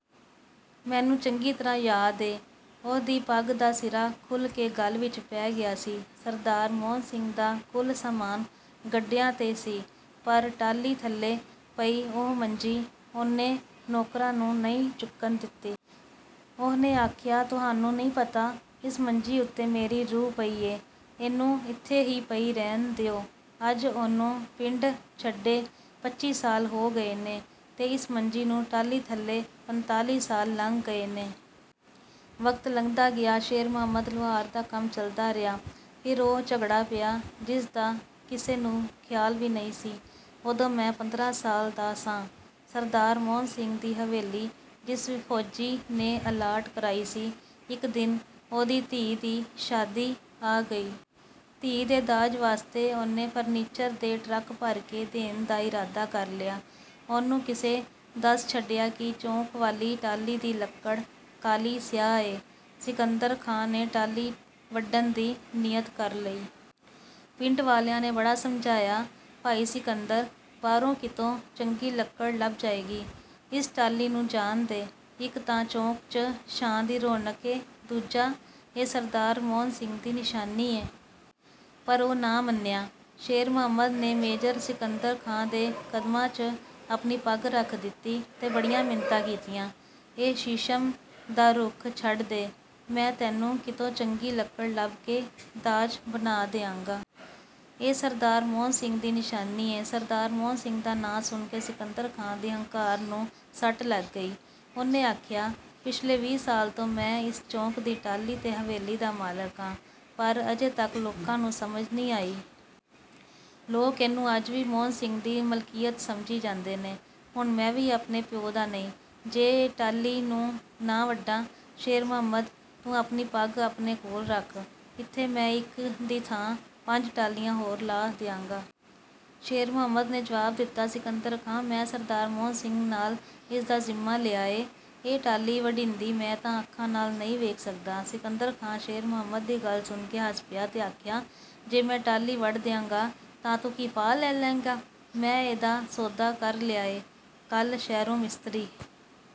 ਮੈਨੂੰ ਚੰਗੀ ਤਰ੍ਹਾਂ ਯਾਦ ਏ, ਉਹਦੀ ਪੱਗ ਦਾ ਸਿਰਾ ਖੁੱਲ੍ਹ ਕੇ ਗਲ ਵਿਚ ਪੈ ਗਿਆ ਸੀ। ਸਰਦਾਰ ਮੋਹਨ ਸਿੰਘ ਦਾ ਕੁੱਲ ਸਾਮਾਨ ਗੱਡਿਆਂ ਤੇ ਸੀ, ਪਰ ਟਾਹਲੀ ਥੱਲੇ ਪਈ ਉਹ ਮੰਜੀ ਉਹਨੇ ਨੌਕਰਾਂ ਨੂੰ ਨਹੀਂ ਚੁੱਕਣ ਦਿੱਤੀ। ਉਹਨੇ ਆਖਿਆ, "ਤੁਹਾਨੂੰ ਨਹੀਂ ਪਤਾ, ਇਸ ਮੰਜੀ ਉੱਤੇ ਮੇਰੀ ਰੂਹ ਪਈ ਏ। ਇਹਨੂੰ ਇੱਥੇ ਹੀ ਪਈ ਰਹਿਣ ਦਿਓ।" ਅੱਜ ਉਹਨੂੰ ਪਿੰਡ ਛੱਡੇ ਪੱਚੀ ਸਾਲ ਹੋ ਗਏ ਨੇ ਤੇ ਇਸ ਮੰਜੀ ਨੂੰ ਟਾਹਲੀ ਥੱਲੇ ਪੰਤਾਲੀ ਸਾਲ ਲੰਘ ਗਏ ਨੇ। ਵਕਤ ਲੰਘਦਾ ਗਿਆ, ਸ਼ੇਰ ਮੁਹੰਮਦ ਲੁਹਾਰ ਦਾ ਕੰਮ ਚੱਲਦਾ ਰਿਹਾ। ਫਿਰ ਉਹ ਝਗੜਾ ਪਿਆ, ਜਿਸ ਦਾ ਕਿਸੇ ਨੂੰ ਖ਼ਿਆਲ ਵੀ ਨਹੀਂ ਸੀ। ਉਦੋਂ ਮੈਂ ਪੰਦਰਾਂ ਸਾਲ ਦਾ ਸਾਂ। ਸਰਦਾਰ ਮੋਹਨ ਸਿੰਘ ਦੀ ਹਵੇਲੀ ਜਿਸ ਫੌਜੀ ਨੇ ਅਲਾਟ ਕਰਾਈ ਸੀ, ਇਕ ਦਿਨ ਉਹਦੀ ਧੀ ਦੀ ਸ਼ਾਦੀ ਆ ਗਈ। ਧੀ ਦੇ ਦਾਜ ਵਾਸਤੇ ਉਹਨੇ ਫਰਨੀਚਰ ਦੇ ਟਰੱਕ ਭਰ ਕੇ ਦੇਣ ਦਾ ਇਰਾਦਾ ਕਰ ਲਿਆ। ਉਹਨੂੰ ਕਿਸੇ ਦੱਸ ਛੱਡਿਆ ਕਿ ਚੌਕ ਵਾਲੀ ਟਾਹਲੀ ਦੀ ਲੱਕੜ ਕਾਲੀ-ਸਿਆਹ ਏ। ਸਿਕੰਦਰ ਖਾਂ ਨੇ ਟਾਹਲੀ ਵੱਢਣ ਦੀ ਨੀਅਤ ਕਰ ਲਈ। ਪਿੰਡ ਵਾਲਿਆਂ ਨੇ ਬੜਾ ਸਮਝਾਇਆ, "ਭਾਈ ਸਿਕੰਦਰ! ਬਾਹਰੋਂ ਕਿਤੋਂ ਚੰਗੀ ਲੱਕੜ ਲੱਭ ਜਾਏਗੀ। ਇਸ ਟਾਹਲੀ ਨੂੰ ਜਾਣ ਦੇ। ਇਕ ਤਾਂ ਚੌਕ 'ਚ ਛਾਂ ਦੀ ਰੌਣਕ ਏ, ਦੂਜਾ ਇਹ ਸਰਦਾਰ ਮੋਹਨ ਸਿੰਘ ਦੀ ਨਿਸ਼ਾਨੀ ਏ।" ਪਰ ਉਹ ਨਾ ਮੰਨਿਆ। ਸ਼ੇਰ ਮੁਹੰਮਦ ਨੇ ਮੇਜਰ ਸਿਕੰਦਰ ਖਾਂ ਦੇ ਕਦਮਾਂ 'ਚ ਆਪਣੀ ਪੱਗ ਰੱਖ ਦਿੱਤੀ ਤੇ ਬੜੀਆਂ ਮਿੰਨਤਾਂ ਕੀਤੀਆਂ, "ਇਹ ਸ਼ੀਸ਼ਮ ਦਾ ਰੁੱਖ ਛੱਡ ਦੇ। ਮੈਂ ਤੈਨੂੰ ਕਿਤੋਂ ਚੰਗੀ ਲੱਕੜ ਲੱਭ ਕੇ ਦਾਜ ਬਣਾ ਦਿਆਂਗਾ। ਇਹ ਸਰਦਾਰ ਮੋਹਨ ਸਿੰਘ ਦੀ ਨਿਸ਼ਾਨੀ ਏ।" ਸਰਦਾਰ ਮੋਹਨ ਸਿੰਘ ਦਾ ਨਾਂ ਸੁਣ ਕੇ ਸਿਕੰਦਰ ਖਾਂ ਦੀ ਹੰਕਾਰ ਨੂੰ ਸੱਟ ਲੱਗ ਗਈ। ਉਹਨੇ ਆਖਿਆ, "ਪਿਛਲੇ ਵੀਹ ਸਾਲ ਤੋਂ ਮੈਂ ਇਸ ਚੌਕ ਦੀ ਟਾਹਲੀ ਤੇ ਹਵੇਲੀ ਦਾ ਮਾਲਕ ਆਂ, ਪਰ ਅਜੇ ਤੱਕ ਲੋਕਾਂ ਨੂੰ ਸਮਝ ਨਹੀਂ ਆਈ। ਲੋਕ ਇਹਨੂੰ ਅੱਜ ਵੀ ਮੋਹਨ ਸਿੰਘ ਦੀ ਮਲਕੀਅਤ ਸਮਝੀ ਜਾਂਦੇ ਨੇ। ਹੁਣ ਮੈਂ ਵੀ ਆਪਣੇ ਪਿਓ ਦਾ ਨਹੀਂ, ਜੇ ਇਹ ਟਾਹਲੀ ਨੂੰ ਨਾ ਵੱਢਾਂ। ਸ਼ੇਰ ਮੁਹੰਮਦ, ਤੂੰ ਆਪਣੀ ਪੱਗ ਆਪਣੇ ਕੋਲ ਰੱਖ। ਇੱਥੇ ਮੈਂ ਇਕ ਦੀ ਥਾਂ ਪੰਜ ਟਾਹਲੀਆਂ ਹੋਰ ਲਾ ਦਿਆਂਗਾ।" ਸ਼ੇਰ ਮੁਹੰਮਦ ਨੇ ਜਵਾਬ ਦਿੱਤਾ, "ਸਿਕੰਦਰ ਖਾਂ, ਮੈਂ ਸਰਦਾਰ ਮੋਹਨ ਸਿੰਘ ਨਾਲ ਇਸ ਦਾ ਜ਼ਿੰਮਾ ਲਿਆ ਏ। ਇਹ ਟਾਹਲੀ ਵੱਢੀਂਦੀ ਮੈਂ ਤਾਂ ਅੱਖਾਂ ਨਾਲ ਨਹੀਂ ਵੇਖ ਸਕਦਾ।" ਸਿਕੰਦਰ ਖਾਂ ਸ਼ੇਰ ਮੁਹੰਮਦ ਦੀ ਗੱਲ ਸੁਣ ਕੇ ਹੱਸ ਪਿਆ ਤੇ ਆਖਿਆ, "ਜੇ ਮੈਂ ਟਾਹਲੀ ਵੱਢ ਦਿਆਂਗਾ ਤਾਂ ਤੂੰ ਕੀ ਫਾਹਾ ਲੈ ਲੈਂਗਾ? ਮੈਂ ਇਹਦਾ ਸੌਦਾ ਕਰ ਲਿਆ ਏ। ਕੱਲ੍ਹ ਸ਼ਹਿਰੋਂ ਮਿਸਤਰੀ..."